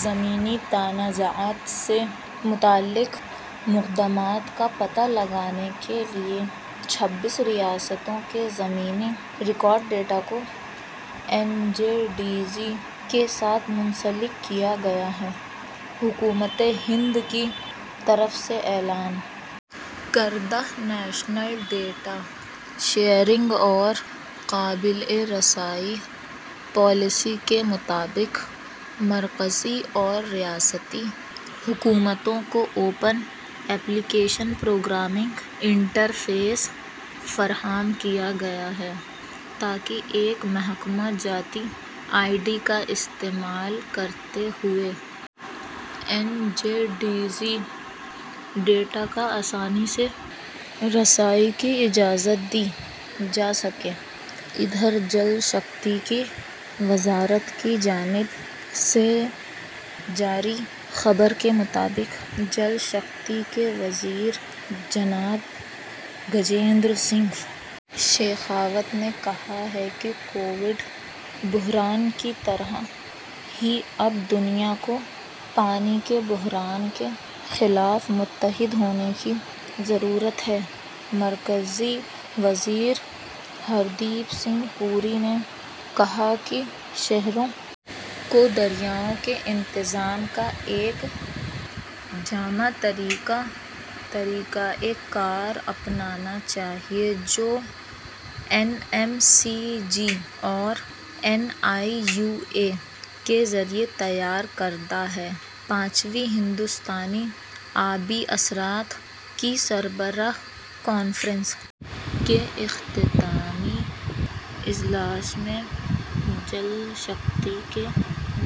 زمینی تنازعات سے متعلق مقدمات کا پتہ لگانے کے لیے چھبیس ریاستوں کے زمینی ریکارڈ ڈیٹا کو این جے ڈی جی کے ساتھ منسلک کیا گیا ہے حکومت ہند کی طرف سے اعلان کردہ نیشنل ڈیٹا شیئرنگ اور قابل رسائی پالیسی کے مطابق مرکزی اور ریاستی حکومتوں کو اوپن ایپلیکیشن پروگرامنگ انٹرفیس فراہم کیا گیا ہے تاکہ ایک محکمہ جاتی آئی ڈی کا استعمال کرتے ہوئے N J D G data تک آسانی سے رسائی کی اجازت دی جا سکے ادھر جل شکتی کی وزارت کی جانب سے جاری خبر کے مطابق جل شکتی کے وزیر جناب گجیندر سنگھ شیخاوت نے کہا ہے کہ کووڈ بحران کی طرح ہی اب دنیا کو پانی کے بحران کے خلاف متحد ہونے کی ضرورت ہے مرکزی وزیر ہردیپ سنگھ پوری نے بھی کہا کہ شہروں کو دریاؤں کے انتظام کا ایک جامع طریقہ کار اپنانا چاہیے جو این ایم سی جی اور این آئی یو اے کے ذریعے تیار کردہ ہے پانچویں ہندوستانی آبی اثرات کی سربراہ کانفرنس کے اختتامی اجلاس میں جل شکتی کے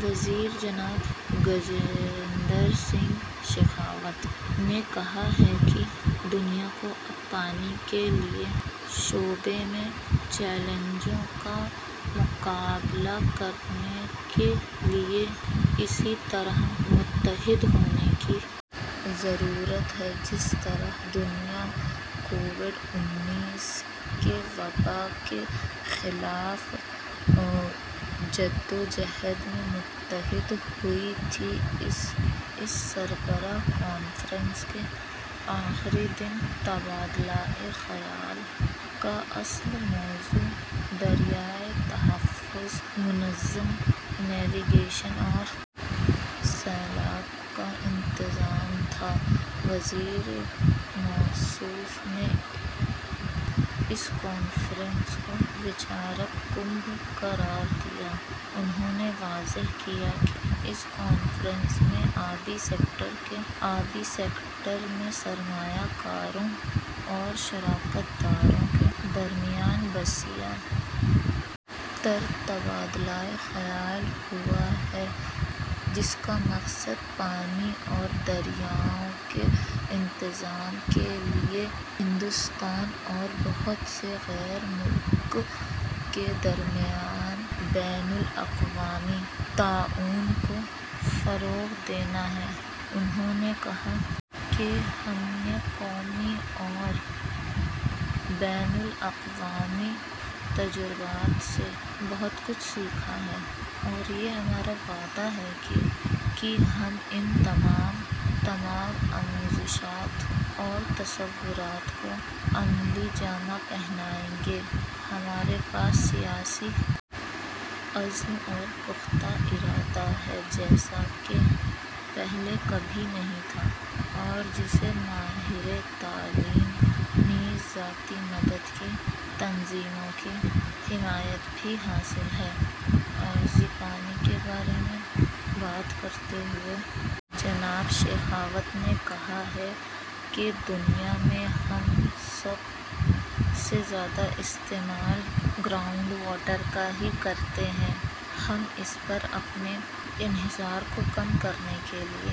وزیر جناب گجیندر سنگھ شیخاوت نے کہا کہ دنیا کو اب پانی کے شعبے میں چیلنجوں کا مقابلہ کرنے کے لیے اسی طرح متحد ہونے کی ضرورت ہے جس طرح دنیا کووڈ انیس کی وباء کے خلاف جدوجہد میں متحد ہوئی تھی اس سربراہ کانفرنس کے آخری دن تبادلہ خیال کا اصل موضوع دریائی تحفظ منضبط نیوی گیشن اور سیلاب کا انتظام تھا وزیر موصوف نے اس کانفرنس کو ویچارک کنبھ قرار دیا انہوں نے واضح کیا کہ اس کانفرنس میں آبی سیکٹر میں سرمایہ کاروں اور شراکت داروں کے درمیان وسیع تر تبادلہ خیال ہوا ہے جس کا مقصد پانی اور دریاؤں کے انتظام کے لیے ہندوستان اور بہت سے غیر ممالک کے درمیان بین الاقوامی تعاون کو فروغ دینا ہے انہوں نے کہا کہ ہم نے قومی اور بین الاقوامی تجربات سے بہت کچھ سیکھا ہے اور یہ ہمارا وعدہ ہے کہ ہم ان تمام آموزشات اور تصورات کو عملی جامہ پہنائیں گے ہمارے پاس سیاسی عزم اور پختہ ارادہ ہے جیسا کہ پہلے کبھی نہیں تھا اور جسے ماہرین تعلیم نیز ذاتی مدد کی تنظیموں کی حمایت بھی حاصل ہے ارضی پانی کے بارے میں بات کرتے ہوئے جناب شیخاوت نے کہا کہ دنیا میں ہم سب سے زیادہ استعمال گراؤنڈ واٹر کا ہی کرتے ہیں ہم اس پر اپنے انحصار کو کم کرنے کے لیے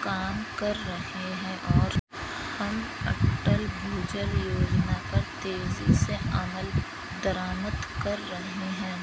کام کر رہے ہیں اور ہم اٹل بھوجل یوجنا پر تیزی سے عمل درآمد کر رہے ہیں